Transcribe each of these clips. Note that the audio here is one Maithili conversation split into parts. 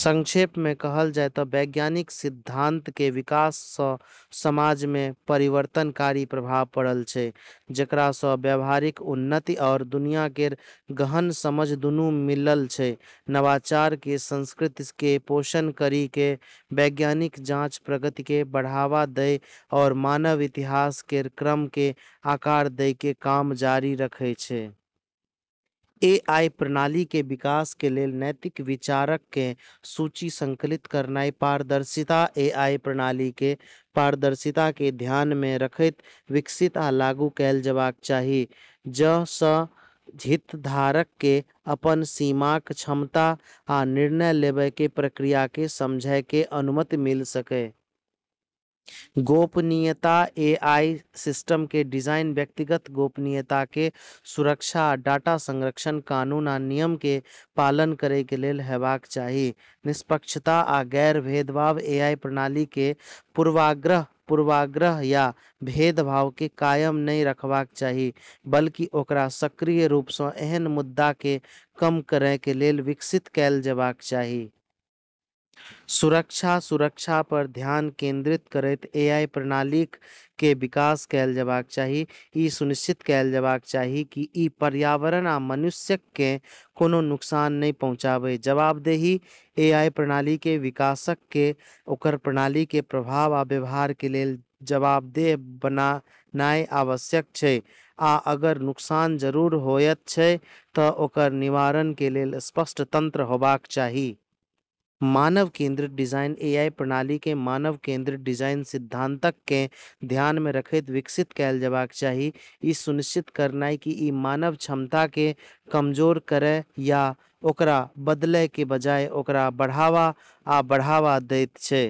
संक्षेप में कहलऽ जाय त॑ वैज्ञानिक सिद्धांतऽ के विकास स॑ समाज प॑ परिवर्तनकारी प्रभाव पड़लऽ छै, जेकरा स॑ व्यावहारिक उन्नति आरू दुनिया केरऽ गहन समझ दूनू मिललऽ छै। नवाचार के संस्कृति के पोषण करी क॑ वैज्ञानिक जांच प्रगति क॑ बढ़ावा दै आरू मानव इतिहास केरऽ क्रम क॑ आकार दै के काम जारी रखै छै। एआई प्रणाली कें विकास कें लेल नैतिक विचारक कें सूची संकलित करनाय. पारदर्शिता: एआई प्रणाली कें पारदर्शिता कें ध्यान मे रखयत विकसित आ लागू कैल जेबाक चाही, जइ सं हितधारक कें अपन सीमाक, क्षमता, आ निर्णय लेवय कें प्रक्रिया कें समझय कें अनुमति मिल सकय. गोपनीयता: एआई सिस्टम कें डिजाइन व्यक्तिगत गोपनीयता कें सुरक्षा आ डाटा संरक्षण कानून आ नियमक कें पालन करय कें लेल होबाक चाही. निष्पक्षता आ गैर-भेदभाव: एआई प्रणाली कें पूर्वाग्रह, पूर्वाग्रह या भेदभाव कें कायम नहि रखबाक चाही, बल्कि ओकरा सक्रिय रूप सं ऐहन मुद्दाक कें कम करय कें लेल विकसित कैल जेबाक चाही. सुरक्षा: सुरक्षा पर ध्यान केंद्रित करयत एआई प्रणालीक कें विकास कैल जेबाक चाही, इ सुनिश्चित कैल जेबाक चाही की इ पर्यावरण या मनुष्यक कें कोनों नुकसान नहि पहुंचाबय. जवाबदेही: एआई प्रणाली कें विकासक कें ओकर प्रणाली कें प्रभाव आ व्यवहार कें लेल जवाबदेह बनानाय आवश्यक छै, आ अगर नुकसान जरूर होयत छै त ओकर निवारण कें लेल स्पष्ट तंत्र होबाक चाही. मानव केंद्रित डिजाइन: एआई प्रणाली कें मानव केंद्रित डिजाइन सिद्धांतक कें ध्यान मे रखयत विकसित कैल जेबाक चाही, इ सुनिश्चित करनाय की इ मानव क्षमता कें कमजोर करय या ओकरा बदलय कें बजाय ओकरा बढ़ावा आ बढ़ावा देयत छै.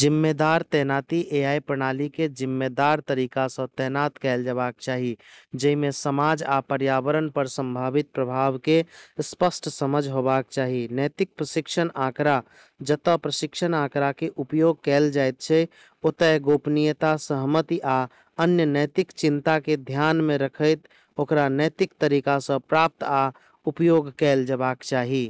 जिम्मेदार तैनाती: एआई प्रणाली कें जिम्मेदार तरीका सं तैनात कैल जेबाक चाही, जइ मे समाज आ पर्यावरण पर संभावित प्रभाव कें स्पष्ट समझ होबाक चाही. नैतिक प्रशिक्षण आंकड़ा: जत प्रशिक्षण आंकड़ा कें उपयोग कैल जायत छै, ओतय गोपनीयता, सहमति आ अन्य नैतिक चिंता कें ध्यान मे रखयत ओकरा नैतिक तरीका सं प्राप्त आ उपयोग कैल जेबाक चाही.